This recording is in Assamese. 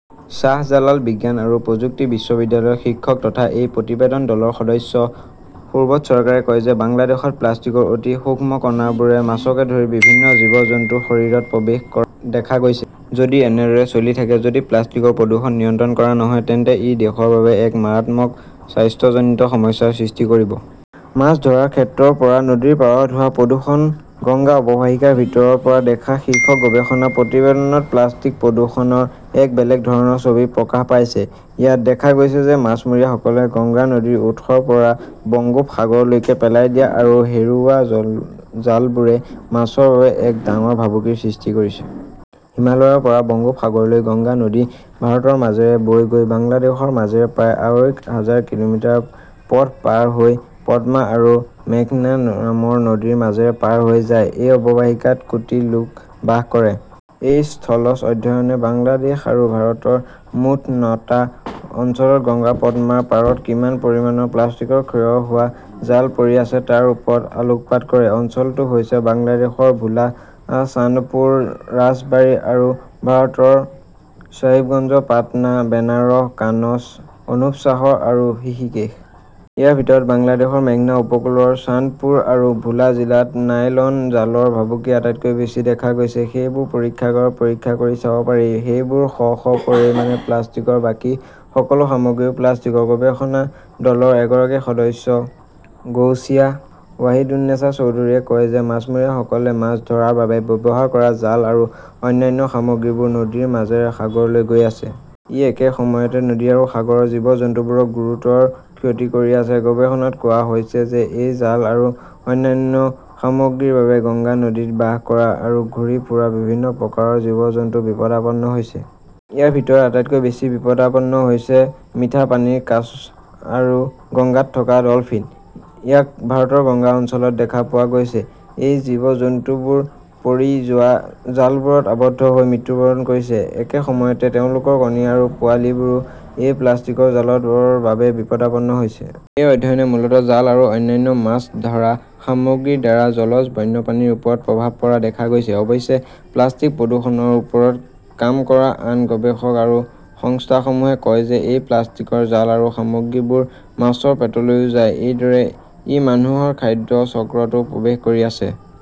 শ্বাহজালাল বিজ্ঞান আৰু প্ৰযুক্তি বিশ্ববিদ্যালয়ৰ শিক্ষক তথা এই প্ৰতিবেদন দলৰ সদস্য সুব্ৰত চৰকাৰে কয় যে, বাংলাদেশত প্লাষ্টিকৰ অতি সূক্ষ্ম কণাবোৰ মাছকে ধৰি বিভিন্ন জীৱ-জন্তুৰ শৰীৰত প্ৰৱেশ কৰা দেখা গৈছে। যদি এনেদৰে চলি থাকে, যদি প্লাষ্টিকৰ প্ৰদূষণ নিয়ন্ত্ৰণ কৰা নহয়, তেন্তে ই দেশৰ বাবে এক মাৰাত্মক স্বাস্থ্যজনীত সমস্যাৰ সৃষ্টি কৰিব। মাছ ধৰাৰ ক্ষেত্ৰৰ পৰা নদীৰ পাৰত হোৱা প্ৰদূষণ: 'গংগা অৱবাহিকাৰ ভিতৰৰ পৰা দেখা' শীৰ্ষক গৱেষণা প্ৰতিবেদনত প্লাষ্টিক প্ৰদূষণৰ এক বেলেগ ধৰণৰ ছবি প্ৰকাশ পাইছে। ইয়াত দেখা গৈছে যে মাছমৰীয়াসকলে গংগা নদীৰ উৎসৰ পৰা বংগোপসাগৰলৈকে পেলাই দিয়া আৰু হেৰুওৱা জল জালবোৰে মাছৰ বাবে এক ডাঙৰ ভাবুকিৰ সৃষ্টি কৰিছে। হিমালয়ৰ পৰা বংগোপসাগৰলৈ, গংগা নদী ভাৰতৰ মাজেৰে বৈ গৈ, বাংলাদেশৰ মাজেৰে প্ৰায় আঢ়ৈ হাজাৰ কিলোমিটাৰ পথ পাৰ হৈ পদ্মা আৰু মেঘনা নামৰ নদীৰ মাজেৰে পাৰ হৈ যায়। এই অৱবাহিকাত কোটি লোক বাস কৰে। এই স্থলজ অধ্যয়নে বাংলাদেশ আৰু ভাৰতৰ মুঠ নটা অঞ্চলত গংগা-পদ্মাৰ পাৰত কিমান পৰিমাণৰ প্লাষ্টিকৰ ক্ষয় হোৱা জাল পৰি আছে তাৰ ওপৰত আলোকপাত কৰে। অঞ্চলটো হৈছে বাংলাদেশৰ ভোলা, চান্দপুৰ, ৰাজবাৰী আৰু ভাৰতৰ শ্বাহিবগঞ্জ, পাটনা, বেনাৰস, কানজ, অনুপশ্বাহৰ আৰু হৃষিকেশ। ইয়াৰ ভিতৰত বাংলাদেশৰ মেঘনা উপকূলৰ চান্দপুৰ আৰু ভোলা জিলাত নাইলন জালৰ ভাবুকি আটাইতকৈ বেছি দেখা গৈছে। সেইবোৰ পৰীক্ষাগাৰত পৰীক্ষা কৰি চাব পাৰি, সেইবোৰ শ শ পৰিমাণে প্লাষ্টিকৰ। বাকী সকলো সামগ্ৰীও প্লাষ্টিকৰ। গৱেষণা দলৰ এগৰাকী সদস্য গৌচিয়া ৱাহিদুন্নেছা চৌধুৰীয়ে কয় যে, মাছমৰীয়াসকলে মাছ ধৰাৰ বাবে ব্যৱহাৰ কৰা জাল আৰু অন্যান্য সামগ্ৰীবোৰ নদীৰ মাজেৰে সাগৰলৈ গৈ আছে। ই একে সময়তে নদী আৰু সাগৰৰ জীৱ-জন্তুবোৰক গুৰুতৰ ক্ষতি কৰি আছে। গৱেষণাত কোৱা হৈছে যে এই জাল আৰু অন্যান্য সামগ্ৰীৰ বাবে গংগা নদীত বাস কৰা আৰু ঘূৰি ফুৰা বিভিন্ন প্ৰকাৰৰ জীৱ-জন্তু বিপদাপন্ন হৈছে। ইয়াৰ ভিতৰত আটাইতকৈ বেছি বিপদাপন্ন হৈছে মিঠা পানীৰ কাছ আৰু গংগাত থকা ডলফিন। ইয়াক ভাৰতৰ গংগা অঞ্চলত দেখা পোৱা গৈছে। এই জীৱ-জন্তুবোৰ পৰি যোৱা জালবোৰত আবদ্ধ হৈ মৃত্যুবৰণ কৰিছে। একে সময়তে, তেওঁলোকৰ কণী আৰু পোৱালি বোৰো এই প্লাষ্টিকৰ জালৰ বাবে বিপদাপন্ন হৈছে। এই অধ্যয়নে মূলতঃ জাল আৰু অন্যান্য মাছ ধৰা সামগ্ৰীৰ দ্বাৰা জলজ বন্যপ্ৰাণীৰ ওপৰত প্ৰভাৱ পৰা দেখা গৈছে। অৱশ্যে, প্লাষ্টিক প্ৰদূষণৰ ওপৰত কাম কৰা আন গৱেষক আৰু সংস্থাসমূহে কয় যে এই প্লাষ্টিকৰ জাল আৰু সামগ্ৰীবোৰ মাছৰ পেটলৈও যায়। এইদৰে ই মানুহৰ খাদ্য চক্ৰতো প্ৰৱেশ কৰি আছে।